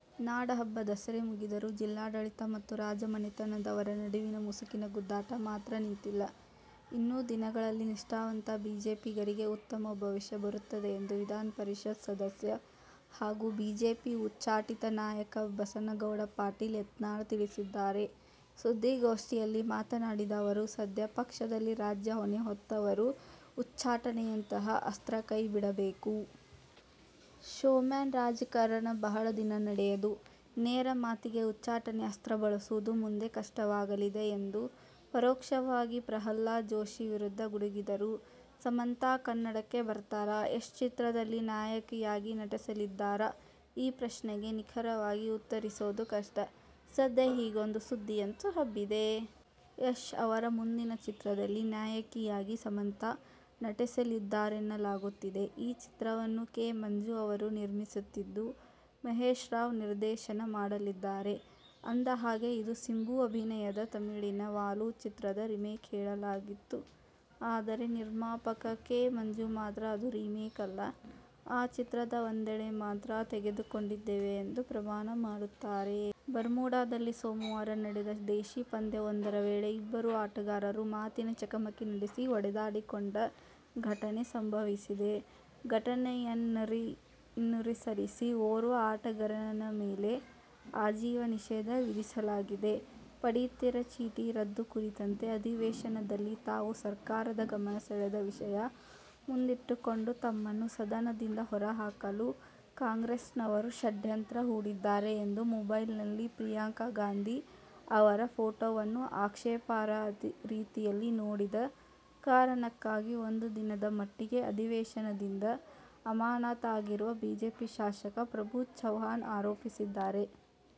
ನಾಡಹಬ್ಬ ದಸರೆ ಮುಗಿದರೂ ಜಿಲ್ಲಾಡಳಿತ ಮತ್ತು ರಾಜ ಮನೆತನದವರ ನಡುವಿನ ಮುಸುಕಿನ ಗುದ್ದಾಟ ಮಾತ್ರ ನಿಂತಿಲ್ಲ. ಇನ್ನು ದಿನಗಳಲ್ಲಿ ನಿಷ್ಠಾವಂತ ಬಿಜೆಪಿಗರಿಗೆ ಉತ್ತಮ ಭವಿಷ್ಯ ಬರುತ್ತದೆ ಎಂದು ವಿಧಾನ ಪರಿಷತ್ ಸದಸ್ಯ ಹಾಗೂ ಬಿಜೆಪಿ ಉಚ್ಚಾಟಿತ ನಾಯಕ ಬಸನಗೌಡ ಪಾಟೀಲ ಯತ್ನಾಳ ತಿಳಿಸಿದ್ದಾರೆ. ಸುದ್ದಿಗೋಷ್ಠಿಯಲ್ಲಿ ಮಾತನಾಡಿದ ಅವರು, ಸದ್ಯ ಪಕ್ಷದಲ್ಲಿ ರಾಜ್ಯ ಹೊಣೆ ಹೊತ್ತವರು ಉಚ್ಚಾಟನೆಯಂತಹ ಅಸ್ತ್ರ ಕೈ ಬಿಡಬೇಕು. ಶೋ ಮ್ಯಾನ್ ರಾಜಕಾರಣ ಬಹಳ ದಿನ ನಡೆಯದು. ನೇರ ಮಾತಿಗೆ ಉಚ್ಚಾಟನೆ ಅಸ್ತ್ರ ಬಳಸುವುದು ಮುಂದೆ ಕಷ್ಟವಾಗಲಿದೆ ಎಂದು ಪರೋಕ್ಷವಾಗಿ ಪ್ರಹ್ಲಾದ ಜೋಶಿ ವಿರುದ್ಧ ಗುಡುಗಿದರು. ಸಮಂತಾ ಕನ್ನಡಕ್ಕೆ ಬರ್ತಾರಾ, ಯಶ್ ಚಿತ್ರದಲ್ಲಿ ನಾಯಕಿಯಾಗಿ ನಟಿಸಲಿದ್ದಾರಾ? ಈ ಪ್ರಶ್ನೆಗೆ ನಿಖರವಾಗಿ ಉತ್ತರಿಸೋದು ಕಷ್ಟ. ಸದ್ಯ ಹೀಗೊಂದು ಸುದ್ದಿಯಂತೂ ಹಬ್ಬಿದೆ. ಯಶ್ ಅವರ ಮುಂದಿನ ಚಿತ್ರದಲ್ಲಿ ನಾಯಕಿಯಾಗಿ ಸಮಂತಾ ನಟಿಸಲಿದ್ದಾರೆನ್ನಲಾಗುತ್ತಿದೆ. ಈ ಚಿತ್ರವನ್ನು ಕೆ. ಮಂಜು ಅವರು ನಿರ್ಮಿಸುತ್ತಿದ್ದು, ಮಹೇಶ್ ರಾವ್ ನಿರ್ದೇಶನ ಮಾಡಲಿದ್ದಾರೆ. ಅಂದಹಾಗೆ, ಇದು ಸಿಂಬು ಅಭಿನಯದ ತಮಿಳಿನ "ವಾಲು' ಚಿತ್ರದ ರೀಮೇಕ್ ಹೇಳಲಾಗಿತ್ತು. ಆದರೆ, ನಿರ್ಮಾಪಕ ಕೆ. ಮಂಜು ಮಾತ್ರ ಅದು ರೀಮೇಕ್ ಅಲ್ಲ, ಆ ಚಿತ್ರದ ಒಂದೆಳೆ ಮಾತ್ರ ತೆಗೆದುಕೊಂಡಿದ್ದೇವೆ ಎಂದು ಪ್ರಮಾಣ ಮಾಡುತ್ತಾರೆ. ಬರ್ಮುಡದಲ್ಲಿ ಸೋಮವಾರ ನಡೆದ ದೇಶೀ ಪಂದ್ಯವೊಂದರ ವೇಳೆ ಇಬ್ಬರು ಆಟಗಾರರು ಮಾತಿನ ಚಕಮಕಿ ನಡೆಸಿ ಹೊಡೆದಾಡಿಕೊಂಡ ಘಟನೆ ಸಂಭವಿಸಿದೆ. ಘಟನೆಯನ್ನನುಸರಿಸಿ ಓರ್ವ ಆಟಗಾರನ ಮೇಲೆ ಆಜೀವ ನಿಷೇಧ ವಿಧಿಸಲಾಗಿದೆ. ಪಡಿತರ ಚೀಟಿ ರದ್ದು ಕುರಿತಂತೆ ಅಧಿವೇಶನದಲ್ಲಿ ತಾವು ಸರ್ಕಾರದ ಗಮನ ಸೆಳೆದ ವಿಷಯ ಮುಂದಿಟ್ಟುಕೊಂಡು ತಮ್ಮನ್ನು ಸದನದಿಂದ ಹೊರಹಾಕಲು ಕಾಂಗ್ರೆಸ್ನವರು ಷಡ್ಯಂತ್ರ ಹೂಡಿದ್ದಾರೆ ಎಂದು ಮೊಬೈಲ್ನಲ್ಲಿ ಪ್ರಿಯಾಂಕಾ ಗಾಂಧಿ ಅವರ ಪೋಟೋವನ್ನು ಆಕ್ಷೇಪಾರ್ಹ ರೀತಿಯಲ್ಲಿ ನೋಡಿದ ಕಾರಣಕ್ಕಾಗಿ ಒಂದು ದಿನದ ಮಟ್ಟಿಗೆ ಅಧಿವೇಶನದಿಂದ ಅಮಾನತಾಗಿರುವ ಬಿಜೆಪಿ ಶಾಸಕ ಪ್ರಭು ಚವ್ಹಾಣ ಆರೋಪಿಸಿದ್ದಾರೆ.